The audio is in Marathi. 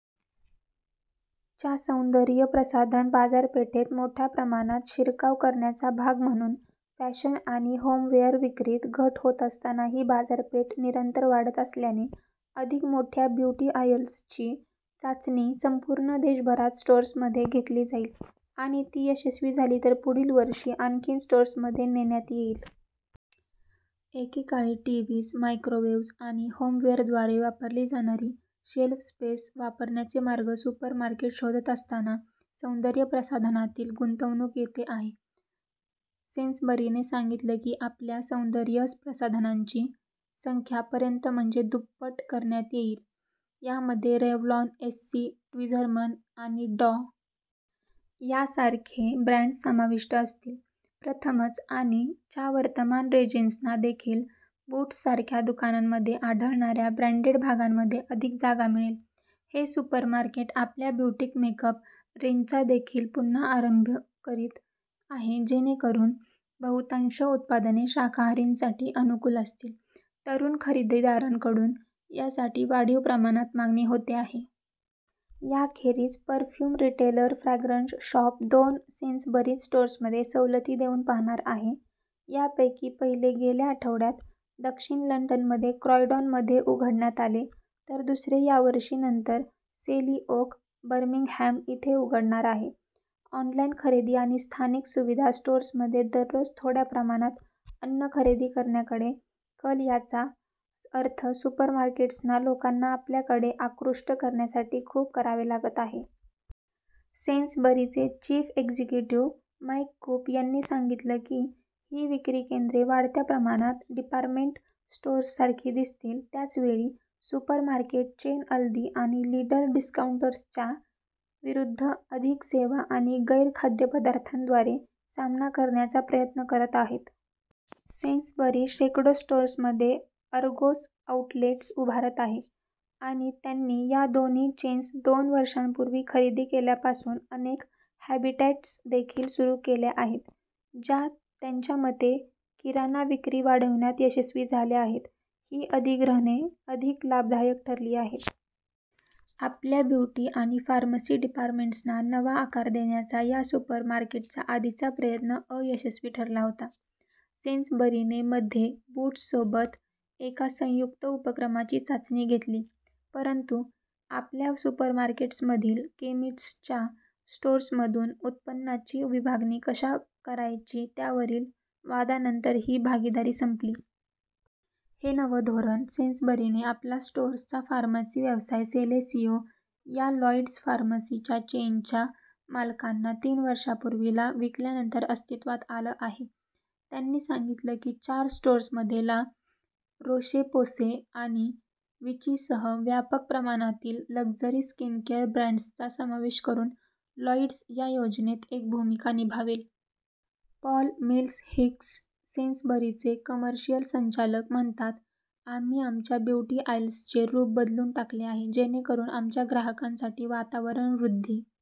च्या. सौंदर्य प्रसाधन बाजारपेठेत मोठ्या प्रमाणात शिरकाव करण्याचा भाग म्हणून, फॅशन आणि होमवेअर विक्रीत घट होत असताना ही बाजारपेठ निरंतर वाढत असल्याने, अधिक मोठ्या ब्युटी आयल्सची चाचणी संपूर्ण देशभरात स्टोअर्समध्ये घेतली जाईल आणि ती यशस्वी झाली तर पुढील वर्षी आणखी स्टोअर्समध्ये नेण्यात येईल. एकेकाळी टीवीज, मायक्रोवेव्ज आणि होमवेअरद्वारे वापरली जाणारी शेल्फ स्पेस वापरण्याचे मार्ग सुपरमार्केट्स शोधत असताना सौंदर्य प्रसाधनातील गुंतवणूक येते आहे. सेन्सबरीने सांगितलं की आपल्या सौंदर्य प्रसाधनांची संख्या पर्यंत म्हणजे दुप्पट करण्यात येईल, यामध्ये रेवलॉन, एस्सी, ट्विझरमन आणि डॉ. यासारखे ब्रँड्स समाविष्ट असतील. प्रथमच. ', आणि ' च्या वर्तमान रेंजेसना देखील बूट्ससारख्या दुकानांमध्ये आढळणाऱ्या ब्रँडेड भागांमध्ये अधिक जागा मिळेल. हे सुपरमार्केट आपल्या ब्युटिक मेकअप रेंजचा देखील पुन्हा आरंभ करीत आहे जेणेकरुन बहुतांश उत्पादने शाकाहारींसाठी अनुकूल असतील – तरुण खरेदीदारांकडून यासाठी वाढीव प्रमाणात मागणी होते आहे. याखेरीज, परफ्युम रिटेलर फ्रॅग्रन्स शॉप दोन सेन्सबरीज स्टोअर्समध्ये सवलती देऊन पाहणार आहे, यापैकी पहिले गेल्या आठवड्यात, दक्षिण लंडनमध्ये क्रॉयडॉनमध्ये उघडण्यात आले, तर दुसरे यावर्षी नंतर, सेली ओक, बर्मिंगहॅम इथे उघडणार आहे. ऑनलाईन खरेदी आणि स्थानिक सुविधा स्टोअर्समध्ये दररोज थोड्या प्रमाणात अन्न खरेदी करण्याकडे कल याचा अर्थ सुपरमार्केट्सना लोकांना आपल्याकडे आकृष्ट करण्यासाठी खूप करावे लागत आहे. सेन्सबरीचे चिफ एक्झिक्युटीव, माईक कुप, यांनी सांगितलं की ही विक्री केंद्रे वाढत्या प्रमाणात डिपार्टमेंट स्टोअर्ससारखी दिसतील त्याचवेळी सुपरमार्केट चेन अल्दी आणि लिडल डिस्काऊंटर्सच्या विरुद्ध अधिक सेवा आणि गैर-खाद्यपदार्थांद्वारे सामना करण्याचा प्रयत्न करत आहेत. सेन्सबरी शेकडो स्टोअर्समध्ये अर्गोस आउटलेट्स उभारत आहे आणि त्यांनी या दोन्ही चेन्स दोन वर्षांपूर्वी खरेदी केल्यापासून अनेक हॅबीटॅट्स देखील त्यांनी सुरु केल्या आहेत, ज्या त्यांच्या मते किराणा विक्री वाढविण्यात यशस्वी झाल्या आहेत ही अधिग्रहणे अधिक लाभदायक ठरली आहेत. आपल्या ब्युटी आणि फार्मसी डिपार्टमेंट्सना नवा आकार देण्याचा या सुपरमार्केटचा आधीचा प्रयत्न अयशस्वी ठरला होता. सेन्सबरीने मध्ये बूट्ससोबत एका संयुक्त उपक्रमाची चाचणी घेतली, परंतु आपल्या सुपरमार्केट्समधील केमिस्टच्या स्टोअर्समधून उत्पन्नाची विभागणी कशा करायची त्यावरील वादानंतर ही भागीदारीसंपली. हे नवं धोरण सेन्सबरीने आपला -स्टोअरचा फार्मसी व्यवसाय सेलेसियो, या लॉईड्स फार्मसी चेनच्या मालकांना, तीन वर्षांपूर्वी ला विकल्यानंतर अस्तित्वात आलं आहे. त्यांनी सांगितलं की चार स्टोअर्समध्ये ला रोशे-पोसे आणि विचीसह व्यापक प्रमाणातील लक्झरी स्किनकेअर ब्रँड्सचा समावेश करुन लॉईड्स या योजनेत एक भूमिका निभावेल. पॉल मिल्स-हिक्स, सेन्सबरीचे, कमर्शियल संचालक, म्हणतात: "आम्ही आमच्या ब्युटी आयल्सचे रुप बदलून टाकले आहे जेणेकरुन आमच्या ग्राहकांसाठी वातावरण वृद्धी